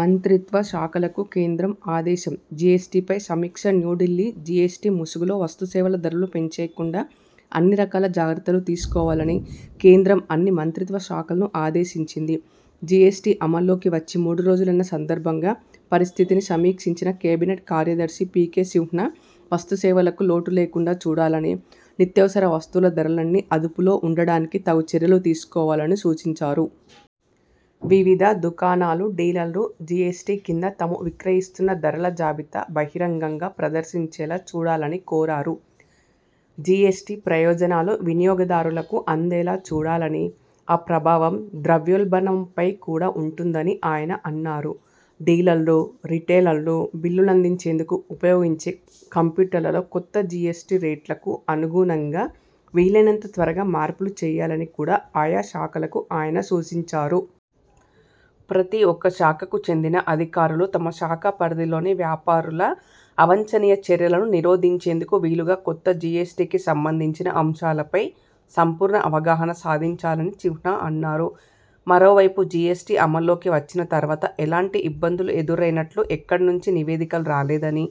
మంత్రిత్వ శాఖలకు కేంద్రం ఆదేశం జిఎస్టిపై సమీక్షన్యూఢిల్లీ జిఎస్టి ముసుగులో వస్తుసేవల ధరలు పెంచేయకుండా అన్ని రకాల జాగ్రత్తలు తీసుకోవాలని కేంద్రం అన్ని మంత్రిత్వ శాఖలను ఆదేశించింది. జిఎస్టి అమల్లోకి వచ్చి మూడు రోజులైన సందర్భంగా పరిస్థితిని సమీక్షించిన కేబినెట్ కార్యదర్శి పికె సిన్హా వస్తుసేవలకు లోటు లేకుండా చూడాలని, నిత్యావసర వస్తువుల ధరలన్నీ అదుపులో ఉండడానికి తగు చర్యలు తీసుకోవాలని సూచించారు. వివిధ దుకాణాలు, డీలర్లు జిఎ్సటి కింద తాము విక్రయిస్తున్న ధరల జాబితా బహిరంగంగా ప్రదర్శించేలా చూడాలని కోరారు. జిఎ్సటి ప్రయోజనాలు వినియోగదారులకు అందేలా చూడాలని, ఆ ప్రభావం ద్రవ్యోల్బణంపై కూడా ఉంటుందని ఆయన అన్నారు. డీలర్లు, రిటైలర్లు బిల్లులందించేందుకు ఉపయోగించే కంప్యూటర్లలో కొత్త జిఎస్టి రేట్లకు అనుగుణంగా వీలైనంత త్వరగా మార్పులు చేయాలని కూడా ఆయాశాఖలకు ఆయన సూచించారు. ప్రతి ఒక్క శాఖకు చెందిన అధికారులు తమ శాఖ పరిధిలోని వ్యాపారుల అవాంఛనీయ చర్యలను నిరోధించేందుకు వీలుగా కొత్త జిఎస్టికి సంబంధించిన అంశాలపై సంపూర్ణ అవగాహన సాధించాలని సిన్హా అన్నారు. మరోవైపు జిఎ్సటి అమల్లోకి వచ్చిన తర్వాత ఎలాంటి ఇబ్బందులు ఎదురైనట్లు ఎక్కడి నుంచి నివేదికలు రాలేదని,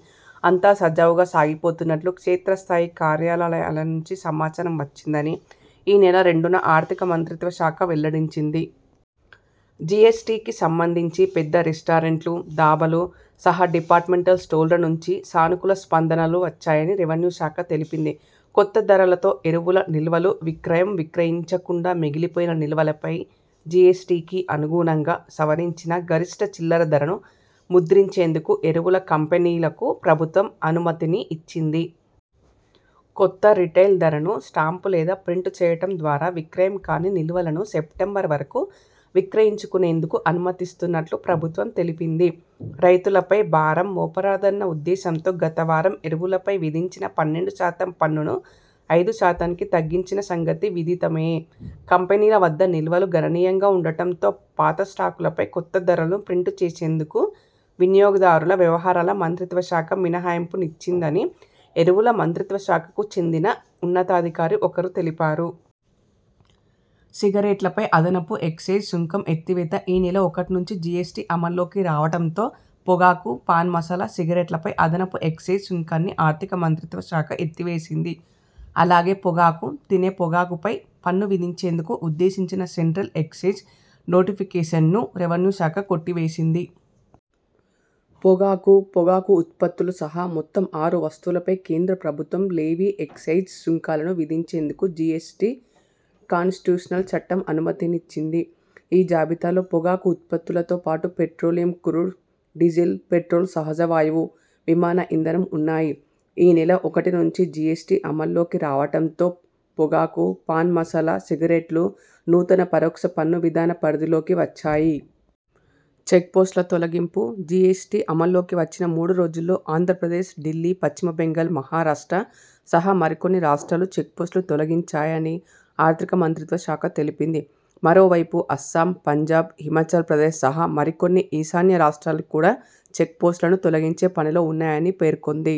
అంతా సజావుగా సాగిపోతున్నట్లు క్షేత్ర స్థాయి కార్యాలయాల నుంచి సమాచారం వచ్చిందని ఈ నెల రెండున ఆర్థిక మంత్రిత్వ శాఖ వెల్లడించింది. జిఎ్సటికి సంబంధించి పెద్ద రెస్టారెంట్లు, దాబాలు సహా డిపార్ట్మెంటల్ స్టోర్ల నుంచి సానుకూల స్పందనలు వచ్చాయని రెవెన్యూ శాఖ తెలిపింది. కొత్త ధరలతో ఎరువుల నిల్వలు విక్రయంవిక్రయించకుండా మిగిలిపోయిన నిల్వలపై జిఎ్సటికి అనుగుణంగా సవరించిన గరిష్ఠ చిల్లర ధర ను ముద్రించేందుకు ఎరువుల కంపెనీలకు ప్రభుత్వం అనుమతినిచ్చింది. కొత్త రిటైల్ ధరను స్టాంప్ లేదా ప్రింట్ చేయటం ద్వారా విక్రయం కాని నిల్వలను సెప్టెంబరు వరకు విక్రయించుకునేందుకు అనుమతిస్తున్నట్లు ప్రభుత్వం తెలిపింది. రైతులపై భారం మోపరాదన్న ఉద్దేశంతో గతవారం ఎరువులపై విధించిన పన్నెండు శాతం పన్నును ఐదు శాతానికి తగ్గించిన సంగతి విదితమే. కంపెనీల వద్ద నిల్వలు గణనీయంగా ఉండటంతో పాత స్టాకులపై కొత్త ధరలను ప్రింట్ చేసేందుకు వినియోగదారుల వ్యవహారాల మంత్రిత్వ శాఖ మినహాయింపునిచ్చిందని ఎరువుల మంత్రిత్వ శాఖకు చెందిన ఉన్నతాధికారి ఒకరు తెలిపారు. సిగరెట్లపై అదనపు ఎక్సైజ్ సుంకం ఎత్తివేత ఈ నెల ఒకటి నుంచి జిఎస్టి అమల్లోకి రావటంతో పొగాకు, పాన్ మసాలా, సిగరెట్లపై అదనపు ఎక్సైజ్ సుంకాన్ని ఆర్థిక మంత్రిత్వ శాఖ ఎత్తివేసింది. అలాగే పొగాకు, తినే పొగాకుపై పన్ను విధించేందుకు ఉద్దేశించిన సెంట్రల్ ఎక్సైజ్ నోటిఫికేషన్ను రెవెన్యూ శాఖ కొట్టివేసింది. పొగాకు, పొగాకు ఉత్పత్తులు సహా మొత్తం ఆరు వస్తువులపై కేంద్ర ప్రభుత్వం లెవీ ఎక్సైజ్ సుంకాలను విధించేందుకు జిఎ్సటి కానిస్టిట్యూషనల్ చట్టం అనుమతినిచ్చింది. ఈ జాబితాలో పొగాకు ఉత్పత్తులతో పాటు పెట్రోలియం క్రూడ్, డీజిల్, పెట్రోల్, సహజవాయువు, విమాన ఇంధనం ఉన్నాయి. ఈ నెల ఒకటి నుంచి జిఎ్సటి అమల్లోకి రావటంతో పొగాకు, పాన్ మసాలా, సిగరెట్లు నూతన పరోక్ష పన్ను విధాన పరిధిలోకి వచ్చాయి. చెక్పోస్టుల తొలగింపు జిఎ్సటి అమల్లోకి వచ్చిన మూడు రోజుల్లో ఆంధ్రప్రదేశ్, ఢిల్లీ, పశ్చిమ బెంగాల్, మహారాష్ట్ర సహా మరికొన్ని రాష్ట్రాలు చెక్పోస్టులు తొలగించాయని ఆర్థిక మంత్రిత్వ శాఖ తెలిపింది. మరోవైపు అస్సోం, పంజాబ్, హిమాచల్ ప్రదేశ్ సహా మరికొన్ని ఈశాన్య రాష్ట్రాలు కూడా చెక్పోస్టులను తొలగించే పనిలో ఉన్నాయని పేర్కొంది.